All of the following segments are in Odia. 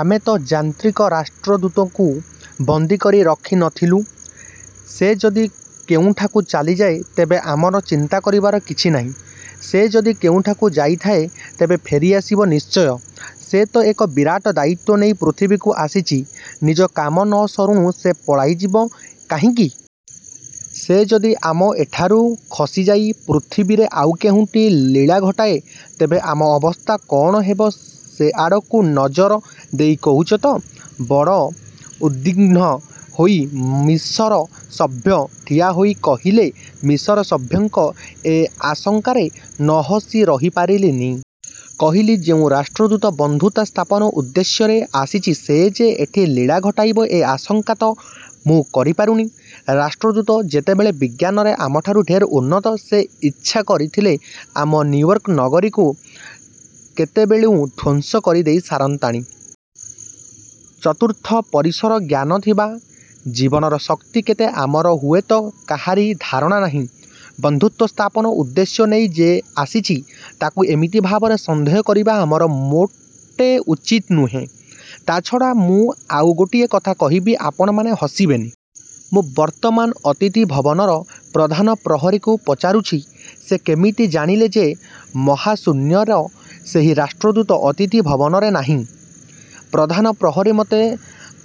ଆମେ ତ ଯାନ୍ତ୍ରିକ ରାଷ୍ଟ୍ରଦୂତକୁ ବନ୍ଦୀକରି ରଖି ନ ଥିଲୁ, ସେ ଯଦି କେଉଁଠାକୁ ଚାଲିଯାଏ, ତେବେ ଆମର ଚିନ୍ତା କରିବାର କିଛି ନାହିଁ। ସେ ଯଦି କେଉଁଠାକୁ ଯାଇଥାଏ, ତେବେ ଫେରିଆସିବ ନିଶ୍ଚୟ। ସେ ତ ଏକ ବିରାଟ ଦାୟିତ୍ୱ ନେଇ ପୃଥିବୀକୁ ଆସିଛି ନିଜ କାମ ନ ସରୁଣୁ ସେ ପଳାଇଯିବ କାହିଁକି? 'ସେ ଯଦି ଆମ ଏଠାରୁ ଖସିଯାଇ ପୃଥିବୀରେ ଆଉ କେଉଁଠି ଲୀଳା ଘଟାଏ, ତେବେ ଆମ ଅବସ୍ଥା କଅଣ ହେବ ସେଆଡ଼କୁ ନଜର ଦେଇ କହୁଛୁ ତ? ବଡ଼ ଉଦ୍ବିଘ୍ନ ହୋଇ ମିଶର ସଭ୍ୟ ଠିଆହୋଇ କହିଲେ ମିଶର ସଭ୍ୟଙ୍କ ଏ ଆଶଙ୍କାରେ ନ ହସି ରହିପାରିଲିନି। କହିଲି, ଯେଉଁ ରାଷ୍ଟ୍ରଦୂତ ବନ୍ଧୁତା ସ୍ଥାପନ ଉଦ୍ଦେଶ୍ୟରେ ଆସିଛି, ସେ ଯେ ଏଠି ଲୀଳା ଘଟାଇବ ଏ ଆଶଙ୍କା ତ ମୁଁ କରି ପାରୁନି। ରାଷ୍ଟ୍ରଦୂତ ଯେତେବେଳେ ବିଜ୍ଞାନରେ ଆମଠାରୁ ଢେର ଉନ୍ନତ ସେ ଇଚ୍ଛା କରିଥିଲେ, ଆମ ନିଉୟର୍କ ନଗରୀକୁ କେତେବେଳୁଁ ଧ୍ୱଂସ କରି ଦେଇ ସାରନ୍ତାଣି। ଚତୁର୍ଥ ପରିସର ଜ୍ଞାନ ଥିବା ଜୀବର ଶକ୍ତି କେତେ ଆମର ହୁଅତ କାହାରି ଧାରଣା ନାହିଁ, ବନ୍ଧୁତ୍ୱସ୍ଥାପନ ଉଦ୍ଦେଶ୍ୟ ନେଇ ଯେ ଆସିଛି, ତାକୁ ଏମିତି ଭାବରେ ସନ୍ଦେହ କରିବା ଆମର ମୋଟେ ଉଚିତ୍ ନୁହେଁ। ତା ଛଡ଼ା ମୁଁ ଆଉ ଗୋଟିଏ କଥା କହିବି, ଆପଣମାନେ ହସିବେନି। ମୁଁ ବର୍ତ୍ତମାନ ଅତିଥିଭବନର ପ୍ରଧାନ ପ୍ରହରୀକୁ ପଚାରୁଛି, ସେ କେମିତି ଜାଣିଲେ ଯେ ମହାଶୂନ୍ୟର ସେହି ରାଷ୍ଟ୍ରଦୂତ ଅତିଥିଭବନରେ ନାହିଁ। ପ୍ରଧାନ ପ୍ରହରୀ ମୋତେ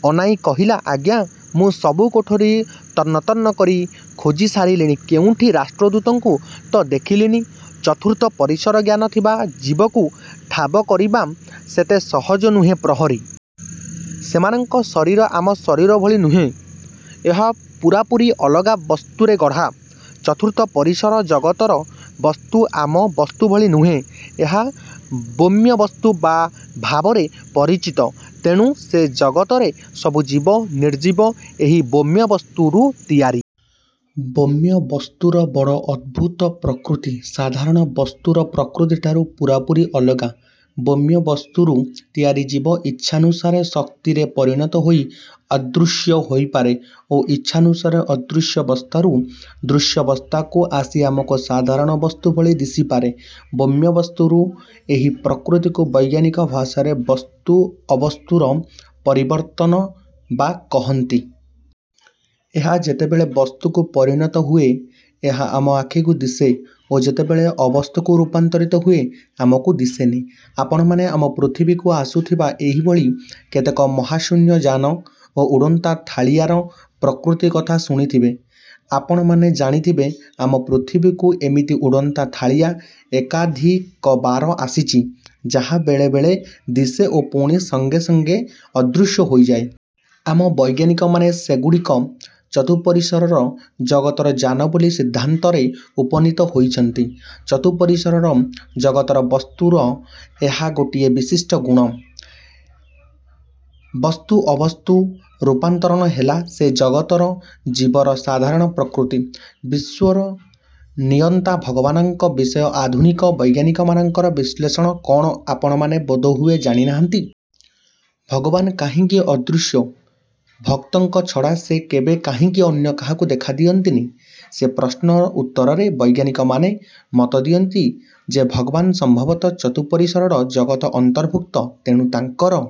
ଅନାଇଁ କହିଲା ଆଜ୍ଞା, ମୁଁ ସବୁ କୋଠରୀ ତନ୍ନତନ୍ନ କରି ଖୋଜି ସାରିଲିଣି କେଉଁଠି ରାଷ୍ଟ୍ରଦୂତଙ୍କୁ ତ ଦେଖିଲିନି। ଚତୁର୍ଥ ପରିସର ଜ୍ଞାନ ଥିବା ଜୀବକୁ ଠାବ କରିବା ସେତେ ସହଜ ନୁହେ ପ୍ରହରୀ। ସେମାନଙ୍କ ଶରୀର ଆମ ଶରୀର ଭଳି ନୁହେଁ ଏହା ପୂରାପୂରି ଅଲଗା ବସ୍ତୁରେ ଗଢ଼ା। ଚତୁର୍ଥ ପରିସର ଜଗତର ବସ୍ତୁ ଆମ ବସ୍ତୁଭଳି ନୁହେଁ। ଏହା ବ୍ୟୋମବସ୍ତୁ ବା ଭାବରେ। ପରିଚିତ; ତେଣୁ ସେ ଜଗତରେ ସବୁ ଜୀବ, ନିର୍ଜୀବ, ଏହି ବ୍ୟୋମ ବସ୍ତୁରୁ ତିଆରି। ବ୍ୟୋମବସ୍ତୁର ବଡ଼ ଅଦ୍ଭୁତ ପ୍ରକୃତି; ସାଧାରଣ ବସ୍ତୁର ପ୍ରକୃତି ଠାରୁ ପୂରାପୂରି ଅଲଗା। ବ୍ୟୋମବସ୍ତୁରୁ ତିଆରି ଜୀବ ଇଚ୍ଛାନୁସାରେ ଶକ୍ତିରେ ପରିଣତ ହୋଇ ଅଦୃଶ୍ୟ ହୋଇପାରେ ଓ ଇଛାନୁସାରେ ଅଦୃଶ୍ୟାବସ୍ଥାରୁ ଦୃଶ୍ୟାବସ୍ଥାକୁ ଆସି ଆମକୁ ସାଧାରଣ ବସ୍ତୁଭଳି ଦିଶିପାରେ। ବ୍ୟୋମବସ୍ତୁର ଏହି ପ୍ରକୃତିକୁ ବୈଜ୍ଞାନିକ ଭାଷାରେ ବସ୍ତୁ ଅବସ୍ତୁର ପରିବର୍ତ୍ତନ ବା କହନ୍ତି। ଏହା ଯେତେବେଳେ ବସ୍ତୁକୁ ପରିଣତ ହୁଏ ଏହା ଆମ ଆଖିକୁ ଦିଶେ ଓ ଯେତେବେଳେ ଅବସ୍ତୁକୁ ରୂପାନ୍ତରିତ ହୁଏ, ଆମକୁ ଦିଶେନି । ଆପଣମାନେ ଆମ ପୃଥିବୀକୁ ଆସୁଥିବା ଏହିଭଳି କେତେକ ମହାଶୂନ୍ୟ ଯାନ ଓ ଉଡ଼ନ୍ତା ଥାଳିଆର ପ୍ରକୃତି କଥା ଶୁଣିଥିବେ। ଆପଣମାନେ ଜାଣିଥିବେ, ଆମ ପୃଥିବୀକୁ ଏମିତି ଉଡ଼ନ୍ତା ଥାଳିଆ ଏକାଧିକବାର ଆସିଛି, ଯାହା ବେଳେ ବେଳେ ଦିଶେ ଓ ପୁଣି ସଙ୍ଗେ ସଙ୍ଗେ ଅଦୃଶ୍ୟ ହୋଇଯାଏ। ଆମ ବୈଜ୍ଞାନିକମାନେ ସେଗୁଡ଼ିକ ଚତୁଃପରିସର ଜଗତର ଯାନ ବୋଲି ସିଦ୍ଧାନ୍ତରେ ଉପନୀତ ହୋଇଛନ୍ତି। ଚତୁଃପରିସର ଜଗତର ବସ୍ତୁର ଏହା ଗୋଟିଏ ବିଶିଷ୍ଟ ଗୁଣ। ବସ୍ତୁ ଅବସ୍ତୁ ରୂପାନ୍ତର ହେଲା ସେ ଜଗତର ଜୀବର ସାଧାରଣ ପ୍ରକୃତି। ବିଶ୍ୱର ନିୟନ୍ତା ଭଗବାନଙ୍କ ବିଷୟରେ ଆଧୁନିକ ବୈଜ୍ଞାନିକମାନଙ୍କର ବିଶ୍ଳେଷଣ କ'ଣ ଆପଣମାନେ ବୋଧହୁଏ ଜାଣିନାହାନ୍ତି। ଭଗବାନ କାହିଁକି ଅଦୃଶ୍ୟ, ଭକ୍ତଙ୍କ ଛଡ଼ା ସେ କେବେ କାହିଁକି ଅନ୍ୟ କାହାକୁ ଦେଖା ଦିଅନ୍ତିନି, ସେ ପ୍ରଶ୍ନର ଉତ୍ତରରେ ବୈଜ୍ଞାନିକମାନେ ମତ ଦିଅନ୍ତି ଯେ ଭଗବାନ ସମ୍ଭବତଃ ଚତୁଃପରିସର ଜଗତର ଅନ୍ତର୍ଭୁକ୍ତ ତେଣୁ ତାଙ୍କର